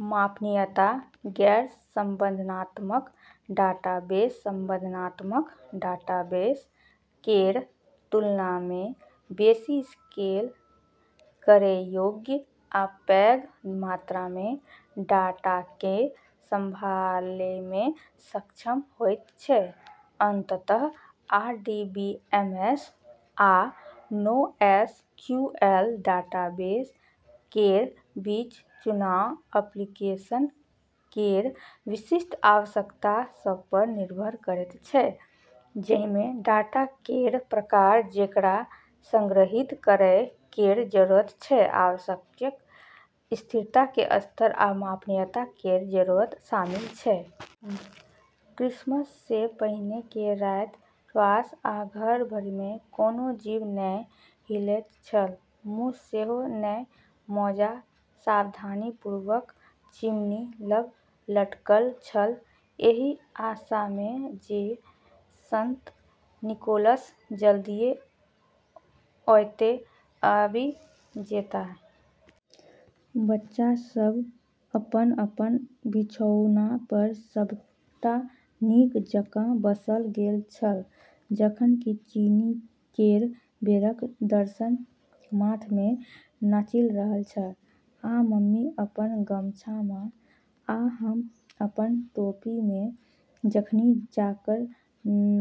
मापनीयता: गैर-संबंधात्मक डाटाबेस संबंधात्मक डाटाबेस केर तुलनामे बेसी स्केल करै योग्य आ पैघ मात्रामे डाटाकेँ सँभालैमे सक्षम होइत छै। अंततः, आरडीबीएमएस आ नोएसक्यूएल डाटाबेस केर बीच चुनाव एप्लीकेशन केर विशिष्ट आवश्यकता सभपर निर्भर करैत छै, जाहिमे डाटा केर प्रकार जेकरा संग्रहीत करै केर जरूरत छै, आवश्यक स्थिरता केर स्तर, आ मापनीयता केर जरूरत शामिल छै। छुट्टी केर विषयपर कविता उत्पन्न करू। 'क्रिसमससँ पहिने केर राति ट्वास, आ घर भरिमे, कोनो जीव नहि हिलैत छल, मूस सेहो नहि। ' मोजा सावधानीपूर्वक चिमनी लग लटकल छल, एहि आशामे जे संत निकोलस जल्दिये ओतए आबि जेताह। बच्चा सभ अपन-अपन बिछाओनपर सभटा नीक जकाँ बसा गेल छल, जखन कि चीनी केर बेरक दर्शन माथमे नाचि रहल छल। आ मम्मी अपन गमछामे, आ हम अपन टोपीमे, एखनहि जाड़क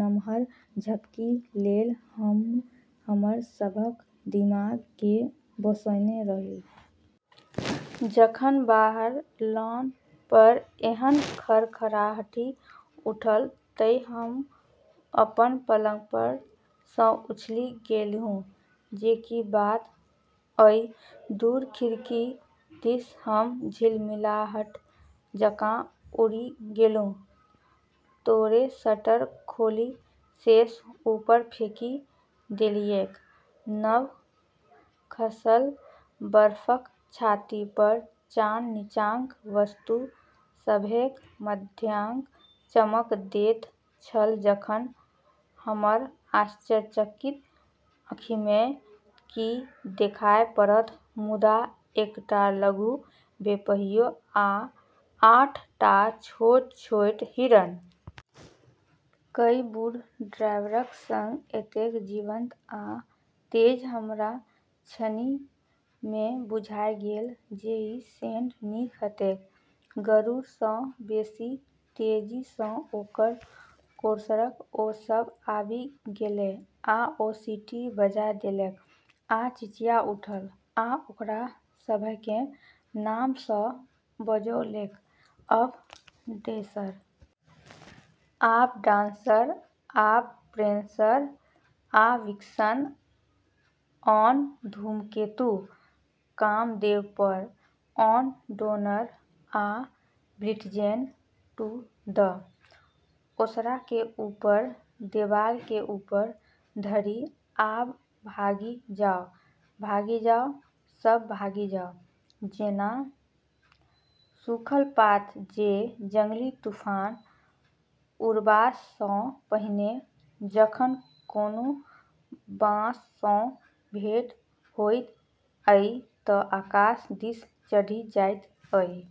नमहर झपकी लेल हमर सभक दिमागकेँ बसौने रही। जखन बाहर लॉनपर एहन खड़खड़ाहटि उठल तऽ हम अपन पलंगपरसँ उछलि गेलहुँ जे की बात अछि। दूर खिड़की दिस हम झिलमिलाहट जकाँ उड़ि गेलहुँ, तोरे शटर खोलि सैश ऊपर फेकि देलियैक। नव-खसल बर्फक छातीपर चान नीचाँक वस्तु सभकेँ मध्याह्नक चमक दैत छल जखन, हमर आश्चर्यचकित आँखिमे की देखाय पड़त, मुदा एकटा लघु बेपहियों आ आठ टा छोट-छोट हिरन। कनि बूढ़ ड्राइवरक संग, एतेक जीवंत आ तेज, हमरा क्षणहिमे बुझा गेल जे ई सेंट निक हेतैक। गरुड़सँ बेसी तेजीसँ ओकर कोर्सर ओ सभ आबि गेलै, आ ओ सीटी बजा देलकै, आ चिचिया उठल, आ ओकरा सभकेँ नामसँ बजौलकै: "आब डैशर! आब डांसर! आब, प्रैन्सर आ विक्सन! ऑन, धूमकेतु! कामदेवपर! ऑन, डोनर आ ब्लिट्जेन! To the. " ओसारा केर ऊपर! देबाल केर ऊपर धरि! आब भागि जाउ! भागि जाउ! सब भागि जाउ! " जेना सूखल पात जे जंगली तूफान उड़बासँ पहिने, जखन कोनो बाधासँ भेट होइत अछि तँ आकाश दिस चढ़ि जाइत अछि।